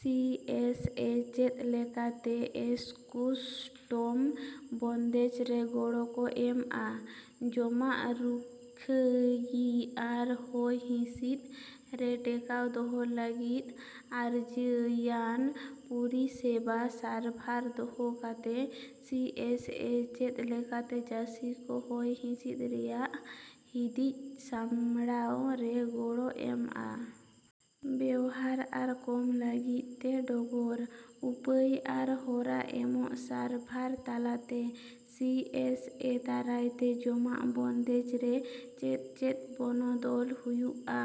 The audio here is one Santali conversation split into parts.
ᱥᱤ ᱮᱥ ᱮ ᱪᱮᱫ ᱞᱮᱠᱟᱛᱮ ᱮᱥᱠᱳᱥᱴᱚᱢ ᱵᱚᱱᱫᱮᱡ ᱨᱮ ᱜᱚᱲᱚ ᱠᱚ ᱮᱢᱼᱟ? ᱡᱚᱢᱟᱜ ᱨᱩᱠᱷᱟᱹᱭᱤ ᱟᱨ ᱦᱚᱭ ᱦᱤᱥᱤᱫ ᱨᱮ ᱴᱮᱠᱟᱣ ᱫᱚᱦᱚ ᱞᱟᱹᱜᱤᱫ ᱟᱨᱡᱟᱹᱭᱟᱱ ᱯᱚᱨᱤᱥᱮᱵᱟ ᱥᱟᱨᱵᱷᱟᱨ ᱫᱚᱦᱚ ᱠᱟᱛᱮ᱾ ᱥᱤ ᱮᱥ ᱮ ᱪᱮᱫ ᱞᱮᱠᱟᱛᱮ ᱪᱟᱥᱤ ᱠᱚ ᱦᱚᱭ ᱦᱤᱥᱤᱫ ᱨᱮᱭᱟᱜ ᱦᱤᱫᱤᱡ ᱥᱟᱢᱲᱟᱣ ᱨᱮ ᱜᱚᱲᱚ ᱮᱢᱼᱟ? ᱵᱮᱣᱦᱟᱨ ᱟᱨ ᱠᱚᱢ ᱞᱟᱹᱜᱤᱫ ᱛᱮ ᱰᱚᱜᱚᱨ, ᱩᱯᱟᱹᱭ ᱟᱨ ᱦᱚᱨᱟ ᱮᱢᱚᱜ ᱥᱟᱨᱵᱷᱟᱨ ᱛᱟᱞᱟᱛᱮ᱾ ᱥᱤ ᱮᱥ ᱮ ᱫᱟᱨᱟᱭ ᱛᱮ ᱡᱚᱢᱟᱜ ᱵᱚᱱᱫᱮᱡ ᱨᱮ ᱪᱮᱫ ᱪᱮᱫ ᱵᱚᱱᱚᱫᱚᱞ ᱦᱳᱭᱳᱜᱼᱟ᱾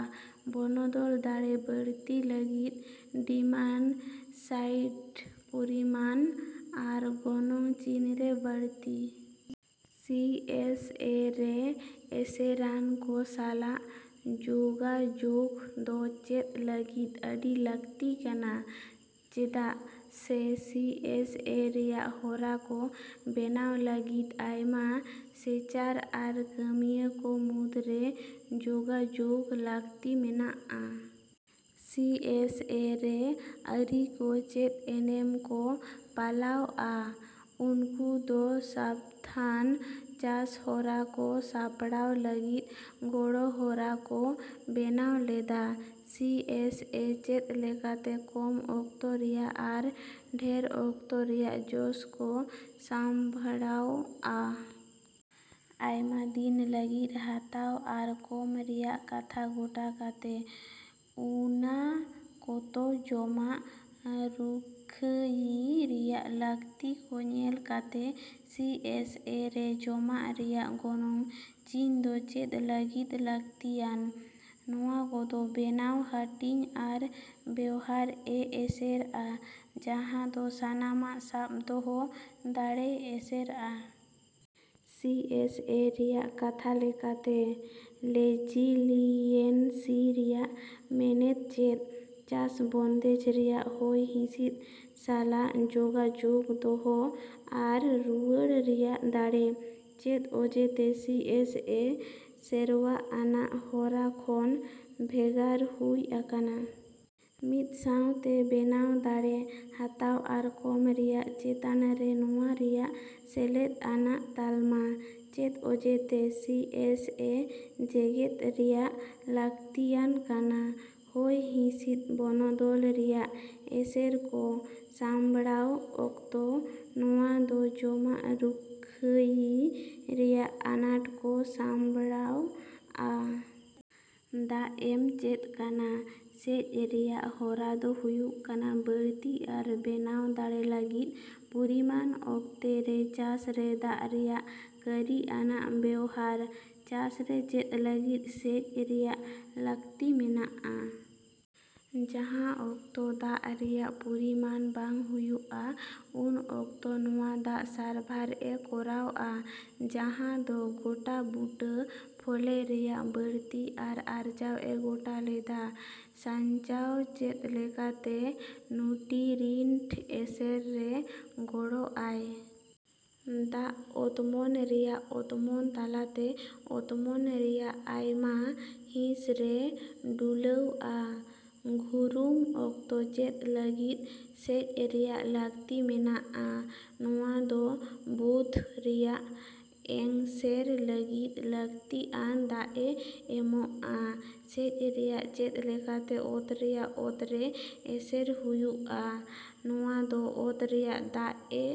ᱵᱚᱱᱚᱫᱚᱞ ᱫᱟᱲᱮ ᱵᱟᱹᱲᱛᱤ ᱞᱟᱹᱜᱤᱫ ᱰᱤᱢᱟᱱᱼᱥᱟᱭᱰ ᱯᱚᱨᱤᱢᱟᱱ ᱟᱨ ᱜᱚᱱᱚᱝ ᱪᱤᱱ ᱨᱮ ᱵᱟᱹᱲᱛᱤ᱾ ᱥᱤ ᱮᱥ ᱮ ᱨᱮ ᱮᱥᱮᱨᱟᱱ ᱠᱚ ᱥᱟᱞᱟᱜ ᱡᱳᱜᱟᱡᱳᱜ ᱫᱚ ᱪᱮᱫ ᱞᱟᱹᱜᱤᱫ ᱟᱹᱰᱤ ᱞᱟᱹᱠᱛᱤ ᱠᱟᱱᱟ? ᱪᱮᱫᱟᱜ ᱥᱮ, ᱥᱤ ᱮᱥ ᱮ ᱨᱮᱭᱟᱜ ᱦᱚᱨᱟ ᱠᱚ ᱵᱮᱱᱟᱣ ᱞᱟᱹᱜᱤᱫ ᱟᱭᱢᱟ ᱥᱮᱪᱟᱨ ᱟᱨ ᱠᱟᱹᱢᱤᱭᱟᱹ ᱠᱚ ᱢᱩᱫᱨᱮ ᱡᱳᱜᱟᱡᱳᱜ ᱞᱟᱹᱠᱛᱤ ᱢᱮᱱᱟᱜᱼᱟ᱾ ᱥᱤ ᱮᱥ ᱮ ᱨᱮ ᱟᱹᱨᱤ ᱠᱚ ᱪᱮᱫ ᱮᱱᱮᱢ ᱠᱚ ᱯᱟᱞᱟᱣᱼᱟ? ᱩᱱᱠᱩ ᱫᱚ ᱥᱟᱹᱵᱫᱷᱟᱱ ᱪᱟᱥ ᱦᱚᱨᱟ ᱠᱚ ᱥᱟᱯᱲᱟᱣ ᱞᱟᱹᱜᱤᱫ ᱜᱚᱲᱚ ᱦᱚᱨᱟ ᱠᱚ ᱵᱮᱱᱟᱣ ᱞᱮᱫᱟ᱾ ᱥᱤᱹ ᱮᱥ ᱮᱹ ᱪᱮᱫ ᱞᱮᱠᱟᱛᱮ ᱠᱚᱢ ᱚᱠᱛᱚ ᱨᱮᱭᱟᱜ ᱟᱨ ᱰᱷᱮᱨ ᱚᱠᱛᱚ ᱨᱮᱭᱟᱜ ᱡᱚᱥ ᱠᱚ ᱥᱟᱢᱵᱲᱟᱣᱼᱟ? ᱟᱭᱢᱟ ᱫᱤᱱ ᱞᱟᱹᱜᱤᱫ ᱦᱟᱛᱟᱣ ᱟᱨ ᱠᱚᱢ ᱨᱮᱭᱟᱜ ᱠᱟᱛᱷᱟ ᱜᱚᱴᱟ ᱠᱟᱛᱮ ᱩᱱᱟ ᱠᱚᱛᱚ ᱡᱚᱢᱟᱜ ᱨᱩᱠᱷᱟᱹᱭᱤ ᱨᱮᱭᱟᱜ ᱞᱟᱹᱠᱛᱤ ᱠᱚ ᱧᱮᱞ ᱠᱟᱛᱮ᱾ ᱥᱤ ᱮᱥ ᱮ ᱨᱮ ᱡᱚᱢᱟᱜ ᱨᱮᱭᱟᱜ ᱜᱚᱱᱚᱝ ᱪᱤᱱ ᱫᱚ ᱪᱮᱫ ᱞᱟᱹᱜᱤᱫ ᱞᱟᱹᱠᱛᱤᱭᱟᱱ? ᱱᱚᱶᱟ ᱠᱚᱫᱚ ᱵᱮᱱᱟᱣ, ᱦᱟᱹᱴᱤᱧ ᱟᱨ ᱵᱮᱣᱦᱟᱨ ᱮ ᱮᱥᱮᱨᱼᱟ, ᱡᱟᱦᱟᱸ ᱫᱚ ᱥᱟᱱᱟᱢᱟᱜ ᱥᱟᱵ ᱫᱚᱦᱚ ᱫᱟᱲᱮᱭ ᱮᱥᱮᱨᱼᱟ᱾ ᱥᱤ ᱮᱥ ᱮ ᱨᱮᱭᱟᱜ ᱠᱟᱛᱷᱟ ᱞᱮᱠᱟᱛᱮ ᱞᱮᱡᱤᱞᱤᱭᱮᱱᱥᱤ ᱨᱮᱭᱟᱜ ᱢᱮᱱᱮᱫ ᱪᱮᱫ? ᱪᱟᱥ ᱵᱚᱱᱫᱮᱡ ᱨᱮᱭᱟᱜ ᱦᱚᱭ ᱦᱤᱥᱤᱫ ᱥᱟᱞᱟᱜ ᱡᱳᱜᱟᱡᱳᱜ ᱫᱚᱦᱚ ᱟᱨ ᱨᱩᱣᱟᱹᱲ ᱨᱮᱭᱟᱜ ᱫᱟᱲᱮ᱾ ᱪᱮᱫ ᱚᱡᱮ ᱛᱮ ᱥᱤ ᱮᱥ ᱮ ᱥᱮᱨᱣᱟ ᱟᱱᱟᱜ ᱦᱚᱨᱟ ᱠᱷᱚᱱ ᱵᱷᱮᱜᱟᱨ ᱦᱩᱭ ᱟᱠᱟᱱᱟ? ᱢᱤᱫ ᱥᱟᱶᱛᱮ ᱵᱮᱱᱟᱣ ᱫᱟᱲᱮ, ᱦᱟᱛᱟᱣ ᱟᱨ ᱠᱚᱢ ᱨᱮᱭᱟᱜ ᱪᱮᱛᱟᱱ ᱨᱮ ᱱᱚᱶᱟ ᱨᱮᱭᱟᱜ ᱥᱮᱞᱮᱫ ᱟᱱᱟᱜ ᱛᱟᱞᱢᱟ᱾ ᱪᱮᱫ ᱚᱡᱮᱛᱮ ᱥᱤ ᱮᱥ ᱮ ᱡᱮᱜᱮᱫ ᱨᱮᱭᱟᱜ ᱞᱟᱹᱠᱛᱤᱭᱟᱱ ᱠᱟᱱᱟ? ᱦᱚᱭ ᱦᱤᱥᱤᱫ ᱵᱚᱱᱚᱫᱚᱞ ᱨᱮᱭᱟᱜ ᱮᱥᱮᱨ ᱠᱚ ᱥᱟᱢᱲᱟᱶ ᱚᱠᱛᱚ ᱱᱚᱶᱟ ᱫᱚ ᱡᱚᱢᱟᱜ ᱨᱩᱠᱷᱟᱹᱭᱤ ᱨᱮᱭᱟᱜ ᱟᱱᱟᱴ ᱠᱚ ᱥᱟᱢᱲᱟᱶᱼᱟ᱾ ᱫᱟᱜ ᱮᱢ ᱪᱮᱫ ᱠᱟᱱᱟ? ᱥᱮᱪ ᱨᱮᱭᱟᱜ ᱦᱚᱨᱟ ᱫᱚ ᱦᱩᱭᱩᱜ ᱠᱟᱱᱟ ᱵᱟᱹᱲᱛᱤ ᱟᱨ ᱵᱮᱱᱟᱣ ᱫᱟᱲᱮ ᱞᱟᱹᱜᱤᱫ ᱯᱚᱨᱤᱢᱟᱱ ᱚᱠᱛᱮ ᱨᱮ ᱪᱟᱥ ᱨᱮ ᱫᱟᱜ ᱨᱮᱭᱟᱜ ᱠᱟᱹᱨᱤ ᱟᱱᱟᱜ ᱵᱮᱣᱦᱟᱨ᱾ ᱪᱟᱥ ᱨᱮ ᱪᱮᱫ ᱞᱟᱹᱜᱤᱫ ᱥᱮᱪ ᱨᱮᱭᱟᱜ ᱞᱟᱹᱠᱛᱤ ᱢᱮᱱᱟᱜᱼᱟ? ᱡᱟᱦᱟᱸ ᱚᱠᱛᱚ ᱫᱟᱜ ᱨᱮᱭᱟᱜ ᱯᱚᱨᱤᱢᱟᱱ ᱵᱟᱝ ᱦᱚᱭᱩᱜ ᱟ, ᱩᱱ ᱚᱠᱛᱚ ᱱᱚᱶᱟ ᱫᱟᱜ ᱥᱟᱨᱵᱷᱟᱨ ᱮ ᱠᱚᱨᱟᱣᱼᱟ, ᱡᱟᱦᱟᱸ ᱫᱚ ᱜᱚᱴᱟᱵᱩᱴᱟᱹ ᱯᱷᱚᱞᱮ ᱨᱮᱭᱟᱜ ᱵᱟᱹᱲᱛᱤ ᱟᱨ ᱟᱨᱡᱟᱣ ᱮ ᱜᱚᱴᱟ ᱞᱮᱫᱟ᱾ ᱥᱟᱧᱪᱟᱣ ᱪᱮᱫ ᱞᱮᱠᱟᱛᱮ ᱱᱩᱴᱤᱨᱤᱱᱴ ᱮᱥᱮᱨ ᱨᱮ ᱜᱚᱲᱚ ᱟᱭ᱾ ᱫᱟᱜ ᱚᱛᱢᱚᱱ ᱨᱮᱭᱟᱜ ᱚᱛᱢᱚᱱ ᱛᱟᱞᱟᱛᱮ ᱚᱛᱢᱚᱱ ᱨᱮᱭᱟᱜ ᱟᱭᱢᱟ ᱦᱤᱸᱥ ᱨᱮ ᱰᱩᱞᱟᱣᱼᱟ᱾ ᱜᱷᱩᱨᱩᱢ ᱚᱠᱛᱚ ᱪᱮᱫ ᱞᱟᱹᱜᱤᱫ ᱥᱮᱪ ᱨᱮᱭᱟᱜ ᱞᱟᱹᱠᱛᱤ ᱢᱮᱱᱟᱜᱼᱟ? ᱱᱚᱶᱟ ᱫᱚ ᱵᱳᱫᱽᱫᱷ ᱨᱮᱭᱟᱜ ᱮᱝᱥᱮᱨ ᱞᱟᱹᱜᱤᱫ ᱞᱟᱹᱠᱛᱤ ᱟᱱ ᱫᱟᱜ ᱮ ᱮᱢᱚᱜᱼᱟ᱾ ᱥᱮᱪ ᱨᱮᱭᱟᱜ ᱪᱮᱫ ᱞᱮᱠᱟᱛᱮ ᱚᱛ ᱨᱮᱭᱟᱜ ᱚᱛ ᱨᱮ ᱮᱥᱮᱨ ᱦᱩᱭᱩᱜᱼᱟ? ᱱᱚᱶᱟ ᱫᱚ ᱚᱛ ᱨᱮᱭᱟᱜ ᱫᱟᱜ ᱮ